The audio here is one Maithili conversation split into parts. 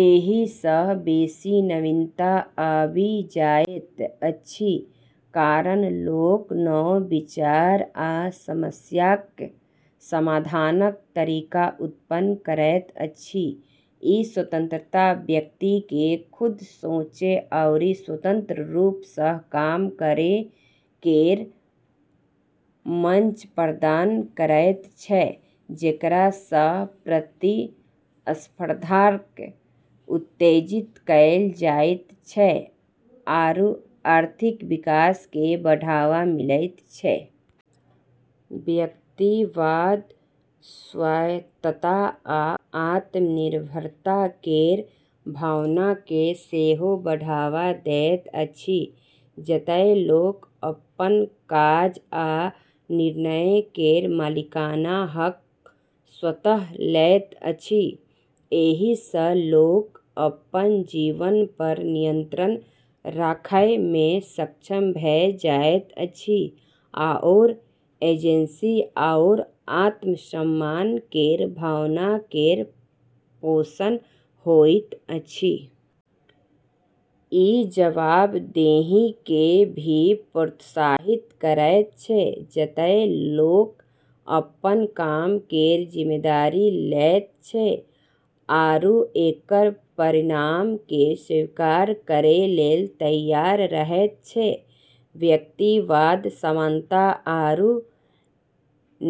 एहिसँ बेसी नवीनता आबि जाइत अछि, कारण लोक नव विचार आ समस्याक समाधानक तरीका उत्पन्न करैत अछि। ई स्वतंत्रता व्यक्तिकेँ खुद सोचै आरू स्वतंत्र रूपसँ काम करै केर मंच प्रदान करैत छै, जेकरासँ प्रतिस्पर्धाकेँ उत्तेजित कएल जाइत छै आरू आर्थिक विकासकेँ बढ़ावा मिलैत छै। व्यक्तिवाद स्वायत्तता आ आत्मनिर्भरता केर भावनाकेँ सेहो बढ़ावा दैत अछि, जतए लोक अपन काज आ निर्णय केर मालिकाना हक स्वयं लैत अछि। एहिसँ लोक अपन जीवनपर नियंत्रण राखैमे सक्षम भऽ जाइत अछि आओर एजेंसी आओर आत्मसम्मान केर भावना केर पोषण होइत अछि। ई जवाबदेहीकेँ भी प्रोत्साहित करैत छै, जतए लोक अपन काम केर जिम्मेदारी लैत छै आरू एकर परिणामकेँ स्वीकार करै लेल तैयार रहैत छै। व्यक्तिवाद समानता आरू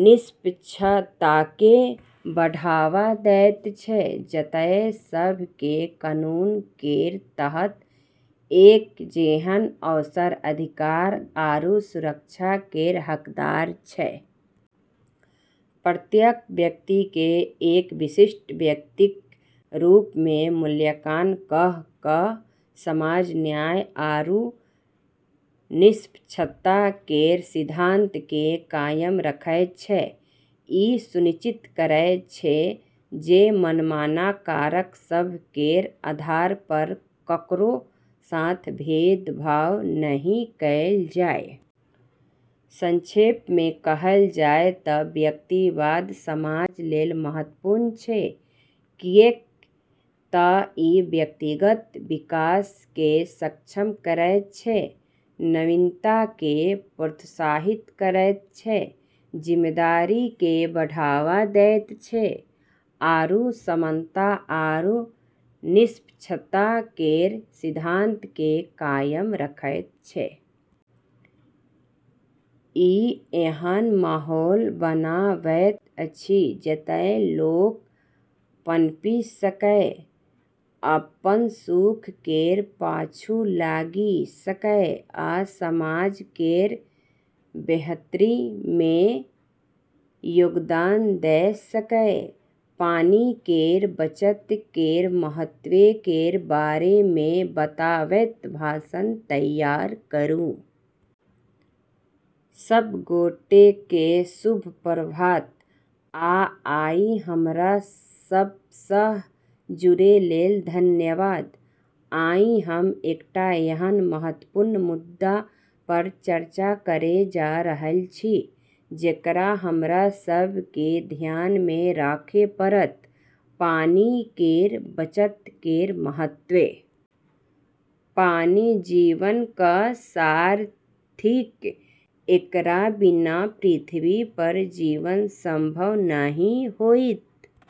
निष्पक्षताकेँ बढ़ावा दैत छै, जतए सभकेँ कानून केर तहत एक जेहन अवसर, अधिकार, आरू सुरक्षा केर हकदार छै। प्रत्येक व्यक्तिकेँ एक विशिष्ट व्यक्तिक रूपमे मूल्यांकन कऽ कऽ समाज न्याय आरू निष्पक्षता केर सिद्धांतकेँ कायम रखैत छै, ई सुनिश्चित करैत छै जे मनमाना कारक सभ केर आधारपर ककरो साथ भेदभाव नहि कएल जाए। संक्षेपमे कहल जाए तऽ व्यक्तिवाद समाज लेल महत्वपूर्ण छै, किऐक तऽ ई व्यक्तिगत विकासकेँ सक्षम करैत छै, नवीनताकेँ प्रोत्साहित करैत छै, जिम्मेदारीकेँ बढ़ावा दैत छै, आरू समानता आरू निष्पक्षता केर सिद्धांतकेँ कायम रखैत छै। ई एहन माहौल बनाबैत अछि जतए लोक पनपि सकए, अपन सुख केर पाछू लागि सकए, आ समाज केर बेहतरीमे योगदान दऽ सकए। पानि केर बचत केर महत्व केर बारेमे बताबैत भाषण तैयार करू। सब गोटेकेँ शुभ प्रभात, आ आइ हमरा सबसँ जुड़ै लेल धन्यवाद। आइ हम एकटा एहन महत्वपूर्ण मुद्दापर चर्चा करै जा रहल छी जेकरा हमरा सभकेँ ध्यानमे राखै पड़त: पानि केर बचत केर महत्व। पानि जीवनक सार थिक; एकरा बिना पृथ्वीपर जीवन संभव नहि होइत।